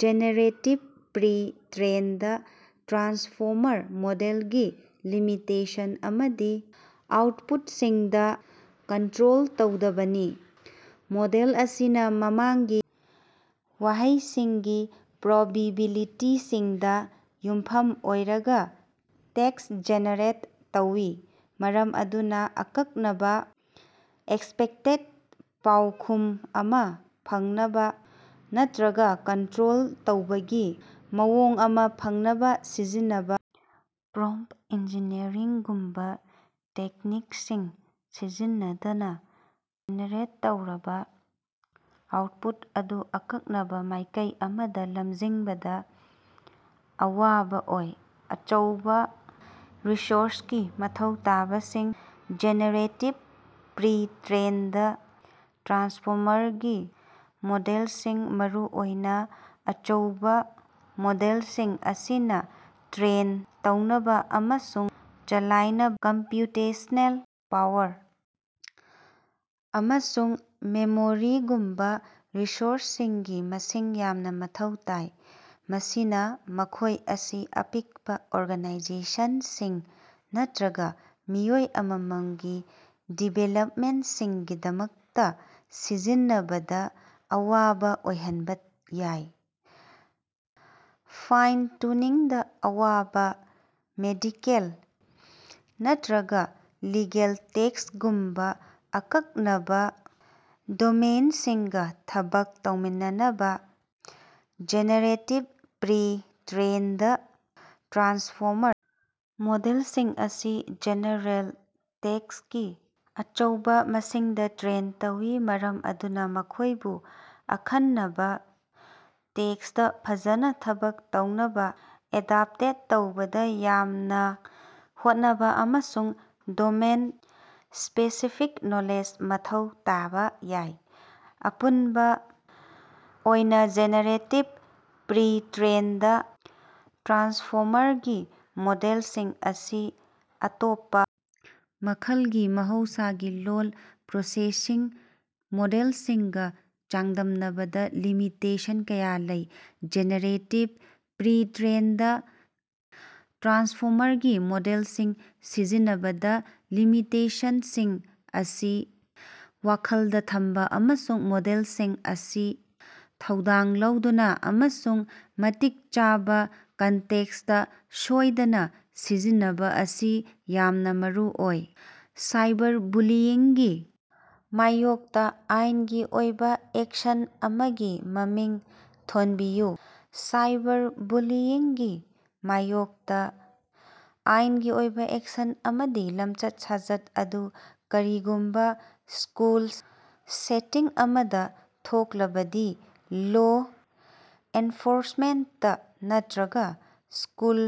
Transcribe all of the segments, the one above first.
Generative pre-trained transformer ꯃꯣꯗꯦꯜꯒꯤ limitation ꯑꯃꯗꯤ ꯑꯥꯎꯠꯄꯨꯠꯁꯤꯡꯗ ꯀꯟꯇ꯭ꯔꯣꯜ ꯇꯧꯗꯕꯅꯤ꯫ ꯃꯣꯗꯦꯜ ꯑꯁꯤꯅ ꯃꯃꯥꯡꯒꯤ ꯋꯥꯍꯩꯁꯤꯡꯒꯤ ꯄ꯭ꯔꯣꯕꯤꯕꯤꯂꯤꯇꯤꯁꯤꯡꯗ ꯌꯨꯝꯐꯝ ꯑꯣꯏꯔꯒ ꯇꯦꯛꯁ ꯖꯦꯅꯦꯔꯦꯠ ꯇꯧꯏ ꯃꯔꯝ ꯑꯗꯨꯅ ꯑꯀꯛꯅꯕ ꯑꯦꯛꯁꯄꯦꯛꯇꯦꯗ ꯄꯥꯎꯈꯨꯝ ꯑꯃ ꯐꯪꯅꯕ ꯅꯠꯇ꯭ꯔꯒ ꯀꯟꯇ꯭ꯔꯣꯜ ꯇꯧꯕꯒꯤ ꯃꯑꯣꯡ ꯑꯃ ꯐꯪꯅꯕ ꯁꯤꯖꯤꯟꯅꯕ ꯄ꯭ꯔꯣꯝꯄꯇ ꯏꯟꯖꯤꯅ꯭ꯌꯔꯤꯡ ꯒꯨꯝꯕ ꯇꯦꯛꯅꯤꯛꯁꯤꯡ ꯁꯤꯖꯤꯟꯅꯗꯅ ꯖꯦꯅꯦꯔꯦꯠ ꯇꯧꯔꯕ ꯑꯥꯎꯠꯄꯨꯠ ꯑꯗꯨ ꯑꯀꯛꯅꯕ ꯃꯥꯏꯀꯩ ꯑꯃꯗ ꯂꯝꯖꯤꯡꯕꯗ ꯑꯋꯥꯕ ꯑꯣꯏ꯫ ꯑꯆꯧꯕ ꯔꯤꯁꯣꯔꯁꯀꯤ ꯃꯊꯧ ꯇꯥꯕꯁꯤꯡ: ꯖꯦꯅꯦꯔꯦꯇꯤꯚ ꯄ꯭ꯔꯤ-ꯇ꯭ꯔꯦꯟꯗ ꯇ꯭ꯔꯥꯟꯁꯐꯣꯃꯔꯒꯤ ꯃꯣꯗꯦꯜꯁꯤꯡ, ꯃꯔꯨꯑꯣꯏꯅ ꯑꯆꯧꯕ ꯃꯣꯗꯦꯜꯁꯤꯡ ꯑꯁꯤꯅ ꯇ꯭ꯔꯦꯟ ꯇꯧꯅꯕ ꯑꯃꯁꯨꯡ ꯆꯂꯥꯏꯅꯕ ꯀꯝꯄ꯭ꯌꯨꯇꯦꯁ꯭ꯅꯦꯜ ꯄꯥꯋꯔ ꯑꯃꯁꯨꯡ ꯃꯦꯃꯣꯔꯤꯒꯨꯝꯕ ꯔꯤꯁꯣꯔꯁꯁꯤꯡꯒꯤ ꯃꯁꯤꯡ ꯌꯥꯝꯅ ꯃꯊꯧ ꯇꯥꯏ꯫ ꯃꯁꯤꯅ ꯃꯈꯣꯏ ꯑꯁꯤ ꯑꯄꯤꯛꯄ ꯑꯣꯔꯒꯅꯥꯏꯖꯦꯁꯟꯁꯤꯡ ꯅꯠꯇ꯭ꯔꯒ ꯃꯤꯑꯣꯏ ꯑꯃꯃꯝꯒꯤ ꯗꯤꯚꯦꯂꯞꯃꯦꯟꯁꯤꯡꯒꯤꯗꯃꯛꯇ ꯁꯤꯖꯤꯟꯅꯕꯗ ꯑꯋꯥꯕ ꯑꯣꯏꯍꯟꯕ ꯌꯥꯏ꯫ ꯐꯥꯏꯟ-ꯇꯨꯅꯤꯡꯗ ꯑꯋꯥꯕ: ꯃꯦꯗꯤꯀꯦꯜ ꯅꯠꯇ꯭ꯔꯒ ꯂꯤꯒꯦꯜ ꯇꯦꯛꯁꯒꯨꯝꯕ ꯑꯀꯛꯅꯕ ꯗꯣꯃꯦꯏꯟꯁꯤꯡꯒ ꯊꯕꯛ ꯇꯧꯃꯤꯟꯅꯅꯕ ꯖꯦꯅꯦꯔꯦꯇꯤꯚ ꯄ꯭ꯔꯤ-ꯇ꯭ꯔꯦꯟꯗ ꯇ꯭ꯔꯥꯟꯁꯐꯣꯃꯔ ꯃꯣꯗꯦꯜꯁꯤꯡ ꯑꯁꯤ ꯖꯦꯅꯦꯔꯦꯜ ꯇꯦꯛꯁꯀꯤ ꯑꯆꯧꯕ ꯃꯁꯤꯡꯗꯥꯇ꯭ꯔꯦꯟ ꯇꯧꯏ, ꯃꯔꯝ ꯑꯗꯨꯅ ꯃꯈꯣꯏꯕꯨ ꯑꯈꯟꯅꯕ ꯇꯦꯛꯁꯇ ꯐꯖꯅ ꯊꯕꯛ ꯇꯧꯅꯕ ꯑꯦꯗꯥꯞꯇꯦꯠ ꯇꯧꯕꯗ ꯌꯥꯝꯅ ꯍꯣꯠꯅꯕ ꯑꯃꯁꯨꯡ ꯗꯣꯃꯦꯟ-ꯁ꯭ꯄꯦꯁꯤꯐꯤꯛ ꯅꯣꯂꯦꯖ ꯃꯊꯧ ꯇꯥꯕ ꯌꯥꯏ꯫ ꯑꯄꯨꯟꯕ ꯑꯣꯏꯅ ꯖꯦꯅꯦꯔꯦꯇꯤꯚ ꯄ꯭ꯔꯤ-ꯇ꯭ꯔꯦꯟꯗ ꯇ꯭ꯔꯥꯟꯁꯐꯣꯃꯔꯒꯤ ꯃꯣꯗꯦꯜꯁꯤꯡ ꯑꯁꯤ ꯑꯇꯣꯞꯄ ꯃꯈꯜꯒꯤ ꯃꯍꯧꯁꯥꯒꯤ ꯂꯣꯜ ꯄ꯭ꯔꯣꯁꯦꯁꯤꯡ ꯃꯣꯗꯦꯜꯁꯤꯡꯒ ꯆꯥꯡꯗꯝꯅꯕꯗ ꯂꯤꯃꯤꯇꯦꯁꯟ ꯀꯌꯥ ꯂꯩ꯫ ꯖꯦꯅꯦꯔꯦꯇꯤꯚ ꯄ꯭ꯔꯤ-ꯇ꯭ꯔꯦꯟꯗ ꯇ꯭ꯔꯥꯟꯁꯐꯣꯃꯔꯒꯤ ꯃꯣꯗꯦꯜꯁꯤꯡ ꯁꯤꯖꯤꯟꯅꯕꯗ ꯂꯤꯃꯤꯇꯦꯁꯟꯁꯤꯡ ꯑꯁꯤ ꯋꯥꯈꯜꯗ ꯊꯝꯕ ꯑꯃꯁꯨꯡ ꯃꯣꯗꯦꯜꯁꯤꯡ ꯑꯁꯤ ꯊꯧꯗꯥꯡ ꯂꯧꯗꯨꯅ ꯑꯃꯁꯨꯡ ꯃꯇꯤꯛ ꯆꯥꯕ ꯀꯟꯇꯦꯛꯁꯇ ꯁꯣꯏꯗꯅ ꯁꯤꯖꯤꯟꯅꯕ ꯑꯁꯤ ꯌꯥꯝꯅ ꯃꯔꯨꯑꯣꯏ꯫ ꯁꯥꯏꯕꯔꯕꯨꯂꯤꯌꯤꯡꯒꯤ ꯃꯥꯌꯣꯛꯇ ꯑꯥꯏꯟꯒꯤ ꯑꯣꯏꯕ ꯑꯦꯛꯁꯟ ꯑꯃꯒꯤ ꯃꯃꯤꯡ ꯊꯣꯟꯕꯤꯌꯨ꯫ ꯁꯥꯏꯕꯔꯕꯨꯂꯤꯌꯤꯡꯒꯤ ꯃꯥꯌꯣꯛꯇ ꯑꯥꯏꯟꯒꯤ ꯑꯣꯏꯕ ꯑꯦꯛꯁꯟ ꯑꯃꯗꯤ, ꯂꯝꯆꯠ-ꯁꯥꯖꯠ ꯑꯗꯨ ꯀꯔꯤꯒꯨꯝꯕ ꯁ꯭ꯀꯨꯜ ꯁꯦꯇꯤꯡ ꯑꯃꯗ ꯊꯣꯛꯂꯕꯗꯤ ꯂꯣ ꯑꯦꯟꯐꯣꯔꯁꯃꯦꯟꯇ ꯅꯠꯇ꯭ꯔꯒ ꯁ꯭ꯀꯨꯜ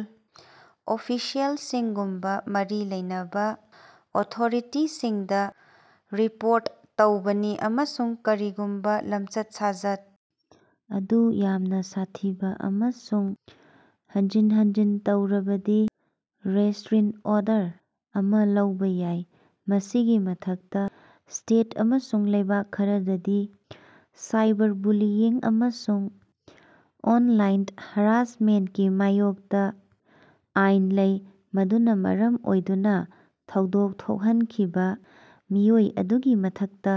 ꯑꯣꯐꯤꯁꯤꯑꯦꯜꯁꯤꯡꯒꯨꯝꯕ ꯃꯔꯤ ꯂꯩꯅꯕ ꯑꯣꯊꯣꯔꯤꯇꯤꯁꯤꯡꯗ ꯔꯤꯄꯣꯔꯠ ꯇꯧꯕꯅꯤ ꯑꯃꯁꯨꯡ ꯀꯔꯤꯒꯨꯝꯕ ꯂꯝꯆꯠ-ꯁꯥꯖꯠ ꯑꯗꯨ ꯌꯥꯝꯅ ꯁꯥꯊꯤꯕ ꯑꯃꯁꯨꯡ ꯍꯟꯖꯤꯟ ꯍꯟꯖꯤꯟ ꯇꯧꯔꯕꯗꯤ ꯔꯦꯁꯇ꯭ꯔꯤꯟ ꯑꯣꯔꯗꯔ ꯑꯃ ꯂꯧꯕ ꯌꯥꯏ꯫ ꯃꯁꯤꯒꯤ ꯃꯊꯛꯇ, ꯁ꯭ꯇꯦꯠ ꯑꯃꯁꯨꯡ ꯂꯩꯕꯥꯛ ꯈꯔꯗꯗꯤ ꯁꯥꯏꯕꯔꯕꯨꯂꯤꯌꯤꯡ ꯑꯃꯁꯨꯡ ꯑꯣꯟꯂꯥꯏꯟ ꯍꯔꯥꯁꯃꯦꯟꯇꯀꯤ ꯃꯥꯌꯣꯛꯇ ꯑꯥꯏꯟ ꯂꯩ, ꯑꯗꯨꯅ ꯃꯔꯝ ꯑꯣꯏꯗꯨꯅ ꯊꯧꯗꯣꯛ ꯊꯣꯛꯍꯟꯈꯤꯕ ꯃꯤꯑꯣꯏ ꯑꯗꯨꯒꯤ ꯃꯊꯛꯇ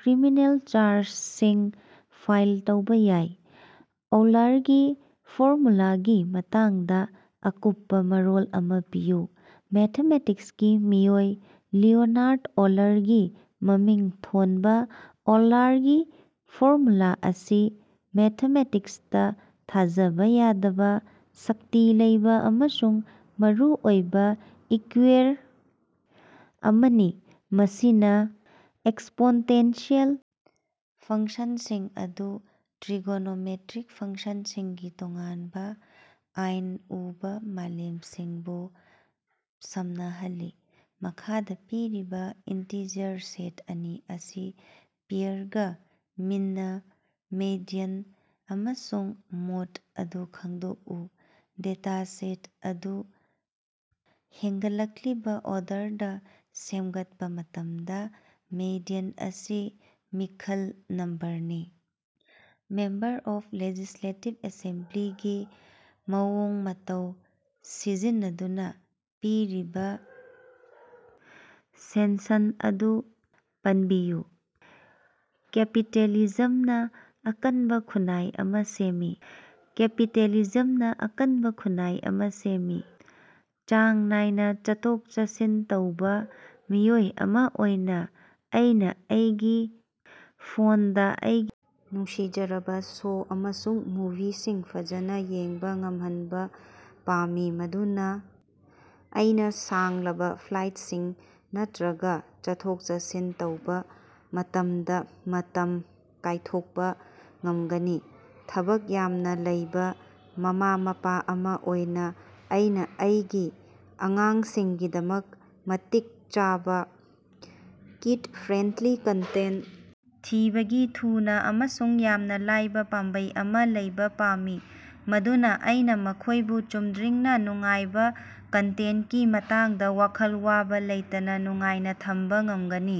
ꯀ꯭ꯔꯤꯃꯤꯅꯦꯜ ꯆꯥꯔꯖꯁꯤꯡ ꯐꯥꯏꯜ ꯇꯧꯕ ꯌꯥꯏ꯫ ꯑꯣꯎꯂꯔꯒꯤ ꯐꯣꯔꯃꯨꯂꯥꯒꯤ ꯃꯇꯥꯡꯗ ꯑꯀꯨꯞꯄ ꯃꯔꯣꯜ ꯑꯃ ꯄꯤꯌꯨ꯫ ꯃꯦꯊꯃꯦꯇꯤꯛꯁꯀꯤ ꯃꯤꯑꯣꯏ ꯂꯤꯑꯣꯅꯍꯥꯔꯗ ꯑꯣꯎꯂꯔꯒꯤ ꯃꯃꯤꯡ ꯊꯣꯟꯕ ꯑꯣꯎꯂꯔꯒꯤ ꯐꯣꯔꯃꯨꯂꯥ ꯑꯁꯤ ꯃꯦꯊꯃꯦꯇꯤꯛꯁꯇ ꯊꯥꯖꯕ ꯌꯥꯗꯕ ꯁꯛꯇꯤ ꯂꯩꯕ ꯑꯃꯁꯨꯡ ꯃꯔꯨ ꯑꯣꯏꯕ ꯏꯛꯌꯨꯏꯌꯔ ꯑꯃꯅꯤ ꯃꯁꯤꯅ ꯑꯦꯛꯁꯄꯣꯟꯇꯦꯟꯁꯤꯑꯦꯜ ꯐꯪꯁꯟꯁꯤꯡ ꯑꯃꯁꯨꯡ ꯇ꯭ꯔꯤꯏꯒꯣꯅꯣꯃꯦꯇ꯭ꯔꯤꯛ ꯐꯪꯁꯅꯁꯤꯡꯒꯤ ꯇꯣꯉꯥꯟꯕ ꯑꯣꯏꯅ ꯎꯕ ꯃꯥꯂꯦꯝꯁꯤꯡꯕꯨ ꯁꯝꯅꯍꯜꯂꯤ꯫ ꯃꯈꯥꯗ ꯄꯤꯔꯤꯕ ꯏꯟꯇꯤꯖꯔ ꯁꯦꯠ ꯑꯅꯤ ꯑꯁꯤ ꯄꯤꯔꯒ, ꯃꯤꯟ, ꯃꯦꯗꯤꯌꯟ ꯑꯃꯁꯨꯡ ꯃꯣꯗ ꯑꯗꯨ ꯈꯪꯗꯣꯛꯎ꯫ ꯗꯦꯇꯥ ꯁꯦꯠ ꯑꯗꯨ ꯍꯦꯟꯒꯠꯂꯛꯂꯤꯕ ꯑꯣꯔꯗꯔꯗ ꯁꯦꯝꯒꯠꯄ ꯃꯇꯝꯗ ꯃꯦꯗꯤꯌꯟ ꯑꯁꯤ ꯃꯤꯗꯜ ꯅꯝꯕꯔꯅꯤ꯫ ꯃꯦꯝꯕꯔ ꯑꯣꯐ ꯂꯦꯖꯤꯁꯂꯦꯇꯤꯚ ꯑꯦꯁꯦꯝꯕ꯭ꯂꯤ ꯒꯤ ꯃꯑꯣꯡ ꯃꯇꯧ ꯁꯤꯖꯤꯟꯅꯗꯨꯅ ꯄꯤꯔꯤꯕ ꯁꯦꯟꯁꯟ ꯑꯗꯨ ꯄꯟꯕꯤꯌꯨ꯫ ꯀꯦꯄꯤꯇꯦꯂꯤꯖꯝꯅ ꯑꯀꯟꯕ ꯈꯨꯟꯅꯥꯏ ꯑꯃꯥ ꯁꯦꯝꯃꯤ꯫ ꯀꯦꯄꯤꯇꯦꯂꯤꯖꯝꯅ ꯑꯀꯟꯕ ꯈꯨꯟꯅꯥꯏ ꯑꯃ ꯁꯦꯝꯃꯤ꯫ ꯆꯥꯡ ꯅꯥꯏꯅ ꯆꯠꯊꯣꯛ-ꯆꯠꯁꯤꯟ ꯇꯧꯕ ꯃꯤꯑꯣꯏ ꯑꯃ ꯑꯣꯏꯅ ꯑꯩꯅ ꯑꯩꯒꯤ ꯐꯣꯟꯗ ꯑꯩꯒꯤ ꯅꯨꯡꯁꯤꯖꯔꯕ ꯁꯣ ꯑꯃꯁꯨꯡ ꯃꯨꯚꯤꯁꯤꯡ ꯐꯖꯅ ꯌꯦꯡꯕ ꯉꯝꯍꯟꯕ ꯄꯥꯝꯃꯤ, ꯃꯗꯨꯅ ꯑꯩꯅ ꯁꯥꯡꯂꯕ ꯐ꯭ꯂꯥꯏꯠꯁꯤꯡ ꯅꯠꯇ꯭ꯔꯒ ꯆꯠꯊꯣꯛ-ꯆꯠꯁꯤꯟ ꯇꯧꯕ ꯃꯇꯝꯗ ꯃꯇꯝ ꯀꯥꯏꯊꯣꯛꯄ ꯉꯝꯒꯅꯤ ꯫ ꯊꯕꯛ ꯌꯥꯝꯅ ꯂꯩꯕ ꯃꯃꯥ-ꯃꯄꯥ ꯑꯃ ꯑꯣꯏꯅ ꯑꯩꯅ ꯑꯩꯒꯤ ꯑꯉꯥꯡꯁꯤꯡꯒꯤꯗꯃꯛ ꯃꯇꯤꯛ ꯆꯥꯕ, ꯀꯤꯗ-ꯐ꯭ꯔꯦꯟꯗꯂꯤ ꯀꯟꯇꯦꯟꯇ ꯊꯤꯕꯒꯤ ꯊꯨꯅ ꯑꯃꯁꯨꯡ ꯌꯥꯝꯅ ꯂꯥꯏꯕ ꯄꯥꯝꯕꯩ ꯑꯃ ꯂꯩꯕ ꯄꯥꯝꯃꯤ, ꯃꯗꯨꯅ ꯑꯩꯅ ꯃꯈꯣꯏꯕꯨ ꯆꯨꯝꯗ꯭ꯔꯤꯡꯅ ꯅꯨꯡꯉꯥꯏꯕ ꯀꯟꯇꯦꯟꯇꯀꯤ ꯃꯇꯥꯡꯗ ꯋꯥꯈꯜ ꯋꯥꯕ ꯂꯩꯇꯅ ꯅꯨꯡꯉꯥꯏꯅ ꯊꯝꯕ ꯉꯝꯒꯅꯤ꯫